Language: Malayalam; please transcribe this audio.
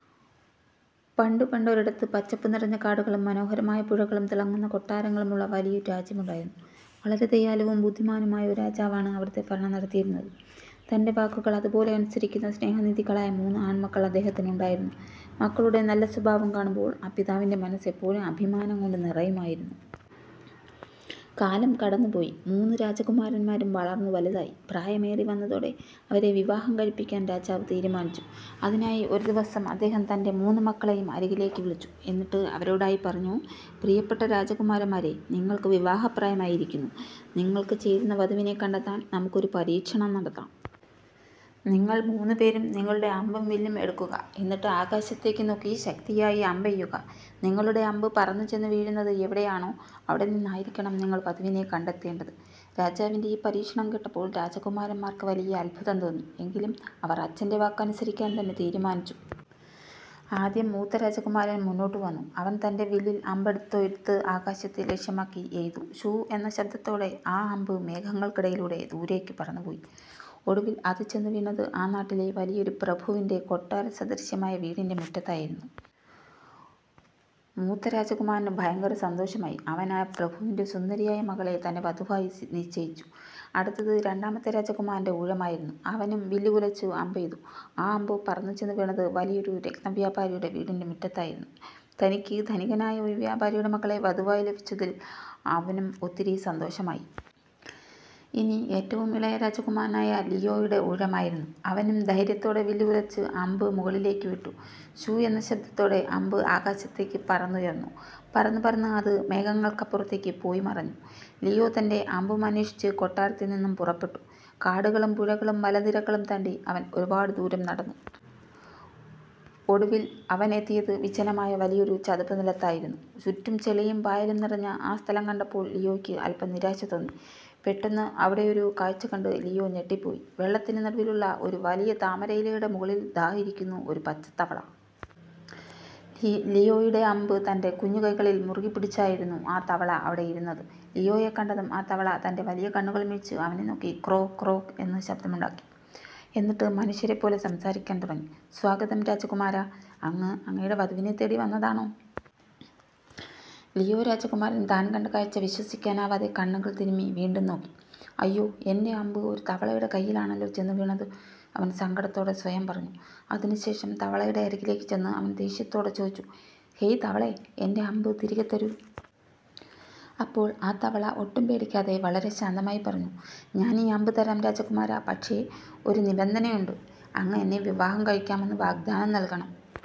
പണ്ടു പണ്ടൊരിടത്ത്, പച്ചപ്പുനിറഞ്ഞ കാടുകളും മനോഹരമായ പുഴകളും തിളങ്ങുന്ന കൊട്ടാരങ്ങളുമുള്ള വലിയൊരു രാജ്യമുണ്ടായിരുന്നു. വളരെ ദയാലുവും ബുദ്ധിമാനുമായ ഒരു രാജാവാണ് അവിടുത്തെ ഭരണം നടത്തിയിരുന്നത്. തന്റെ വാക്കുകൾ അതുപോലെ അനുസരിക്കുന്ന, സ്നേഹനിധികളായ മൂന്ന് ആൺമക്കൾ അദ്ദേഹത്തിനുണ്ടായിരുന്നു. മക്കളുടെ നല്ല സ്വഭാവം കാണുമ്പോൾ ആ പിതാവിന്റെ മനസ്സ് എപ്പോഴും അഭിമാനം കൊണ്ട് നിറയുമായിരുന്നു. കാലം കടന്നുപോയി, മൂന്ന് രാജകുമാരന്മാരും വളർന്നു വലുതായി. പ്രായമേറിവന്നതോടെ അവരെ വിവാഹം കഴിപ്പിക്കാൻ രാജാവ് തീരുമാനിച്ചു. അതിനായി ഒരു ദിവസം അദ്ദേഹം തന്റെ മൂന്ന് മക്കളെയും അരികിലേക്ക് വിളിച്ചു. എന്നിട്ട് അവരോടായി പറഞ്ഞു: "പ്രിയപ്പെട്ട രാജകുമാരന്മാരേ, നിങ്ങൾക്ക് വിവാഹപ്രായമായിരിക്കുന്നു. നിങ്ങൾക്ക് ചേരുന്ന വധുവിനെ കണ്ടെത്താൻ നമുക്കൊരു പരീക്ഷണം നടത്താം. നിങ്ങൾ മൂന്നുപേരും നിങ്ങളുടെ അമ്പും വില്ലും എടുക്കുക. എന്നിട്ട് ആകാശത്തേക്ക് നോക്കി ശക്തിയായി അമ്പെയ്യുക. നിങ്ങളുടെ അമ്പ് പറന്നു ചെന്ന് വീഴുന്നത് എവിടെയാണോ, അവിടെ നിന്നായിരിക്കണം നിങ്ങൾ വധുവിനെ കണ്ടെത്തേണ്ടത്! " രാജാവിന്റെ ഈ പരീക്ഷണം കേട്ടപ്പോൾ രാജകുമാരന്മാർക്ക് വലിയ അത്ഭുതം തോന്നി. എങ്കിലും അവർ അച്ഛന്റെ വാക്ക് അനുസരിക്കാൻ തന്നെ തീരുമാനിച്ചു. ആദ്യം മൂത്ത രാജകുമാരൻ മുന്നോട്ട് വന്നു. അവൻ തന്റെ വില്ലിൽ അമ്പ് തൊടുത്ത് ആകാശത്തേക്ക് ലക്ഷ്യമാക്കി എയ്തു! 'ശൂ… ' എന്ന ശബ്ദത്തോടെ ആ അമ്പ് മേഘങ്ങൾക്കിടയിലൂടെ ദൂരേക്ക് പറന്നുപോയി. ഒടുവിൽ അത് ചെന്ന് വീണത് ആ നാട്ടിലെ വലിയൊരു പ്രഭുവിന്റെ കൊട്ടാരസദൃശ്യമായ വീടിന്റെ മുറ്റത്തായിരുന്നു. മൂത്ത രാജകുമാരന് ഭയങ്കര സന്തോഷമായി. അവൻ ആ പ്രഭുവിന്റെ സുന്ദരിയായ മകളെ തന്റെ വധുവായി നിശ്ചയിച്ചു. അടുത്തത് രണ്ടാമത്തെ രാജകുമാരന്റെ ഊഴമായിരുന്നു. അവനും വില്ലുകുലച്ച് അമ്പെയ്തു. ആ അമ്പ് പറന്നുചെന്ന് വീണത് വലിയൊരു രത്നവ്യാപാരിയുടെ വീടിന്റെ മുറ്റത്തായിരുന്നു. തനിക്ക് ധനികനായ ഒരു വ്യാപാരിയുടെ മകളെ വധുവായി ലഭിച്ചതിൽ അവനും ഒത്തിരി സന്തോഷമായി. ഇനി ഏറ്റവും ഇളയ രാജകുമാരനായ ലിയോയുടെ ഊഴമായിരുന്നു. അവനും ധൈര്യത്തോടെ വില്ല് കുലച്ച് അമ്പ് മുകളിലേക്ക് വിട്ടു! 'ശൂ… ' എന്ന ശബ്ദത്തോടെ അമ്പ് ആകാശത്തേക്ക് പറന്നുയർന്നു. പറന്നു പറന്ന്… അത് മേഘങ്ങൾക്കപ്പുറത്തേക്ക് പോയിമറഞ്ഞു. ലിയോ തന്റെ അമ്പും അന്വേഷിച്ച് കൊട്ടാരത്തിൽ നിന്നും പുറപ്പെട്ടു. കാടുകളും പുഴകളും മലനിരകളും താണ്ടി അവൻ ഒരുപാട് ദൂരം നടന്നു. ഒടുവിൽ, അവൻ എത്തിയത് വിജനമായ വലിയൊരു ചതുപ്പുനിലത്തായിരുന്നു. ചുറ്റും ചെളിയും പായലും നിറഞ്ഞ ആ സ്ഥലം കണ്ടപ്പോൾ ലിയോയ്ക്ക് അല്പം നിരാശ തോന്നി. പെട്ടെന്ന്, അവിടെയൊരു കാഴ്ച കണ്ട് ലിയോ ഞെട്ടിപ്പോയി! വെള്ളത്തിന് നടുവിലുള്ള ഒരു വലിയ താമരയിലയുടെ മുകളിൽ ദാ ഇരിക്കുന്നു ഒരു പച്ചത്തവള! ലിയോയുടെ അമ്പ് തന്റെ കുഞ്ഞു കൈകളിൽ മുറുകെപ്പിടിച്ചായിരുന്നു ആ തവള അവിടെ ഇരുന്നത്! ലിയോയെ കണ്ടതും ആ തവള തന്റെ വലിയ കണ്ണുകൾ മിഴിച്ച്, അവനെ നോക്കി 'ക്രോക്ക്… ക്രോക്ക്… ' എന്ന് ശബ്ദമുണ്ടാക്കി. എന്നിട്ട് മനുഷ്യരെപ്പോലെ സംസാരിക്കാൻ തുടങ്ങി: "സ്വാഗതം രാജകുമാരാ! അങ്ങ് അങ്ങയുടെ വധുവിനെ തേടി വന്നതാണോ? " ലിയോ രാജകുമാരൻ താൻ കണ്ട കാഴ്ച വിശ്വസിക്കാനാവാതെ കണ്ണുകൾ തിരുമ്മി വീണ്ടും നോക്കി! "അയ്യോ! എന്റെ അമ്പ് ഒരു തവളയുടെ കൈയിലാണോ ചെന്ന് വീണത്? " അവൻ സങ്കടത്തോടെ സ്വയം പറഞ്ഞു. അതിനുശേഷം തവളയുടെ അരികിലേക്ക് ചെന്ന് അവൻ ദേഷ്യത്തോടെ ചോദിച്ചു: "ഹേയ് തവളേ, എന്റെ അമ്പ് തിരികെ തരൂ. " അപ്പോൾ ആ തവള ഒട്ടും പേടിക്കാതെ, വളരെ ശാന്തമായി പറഞ്ഞു: "ഞാൻ ഈ അമ്പ് തരാം രാജകുമാരാ, പക്ഷേ, ഒരു നിബന്ധനയുണ്ട്. അങ്ങ് എന്നെ വിവാഹം കഴിക്കാമെന്ന് വാഗ്ദാനം നൽകണം! "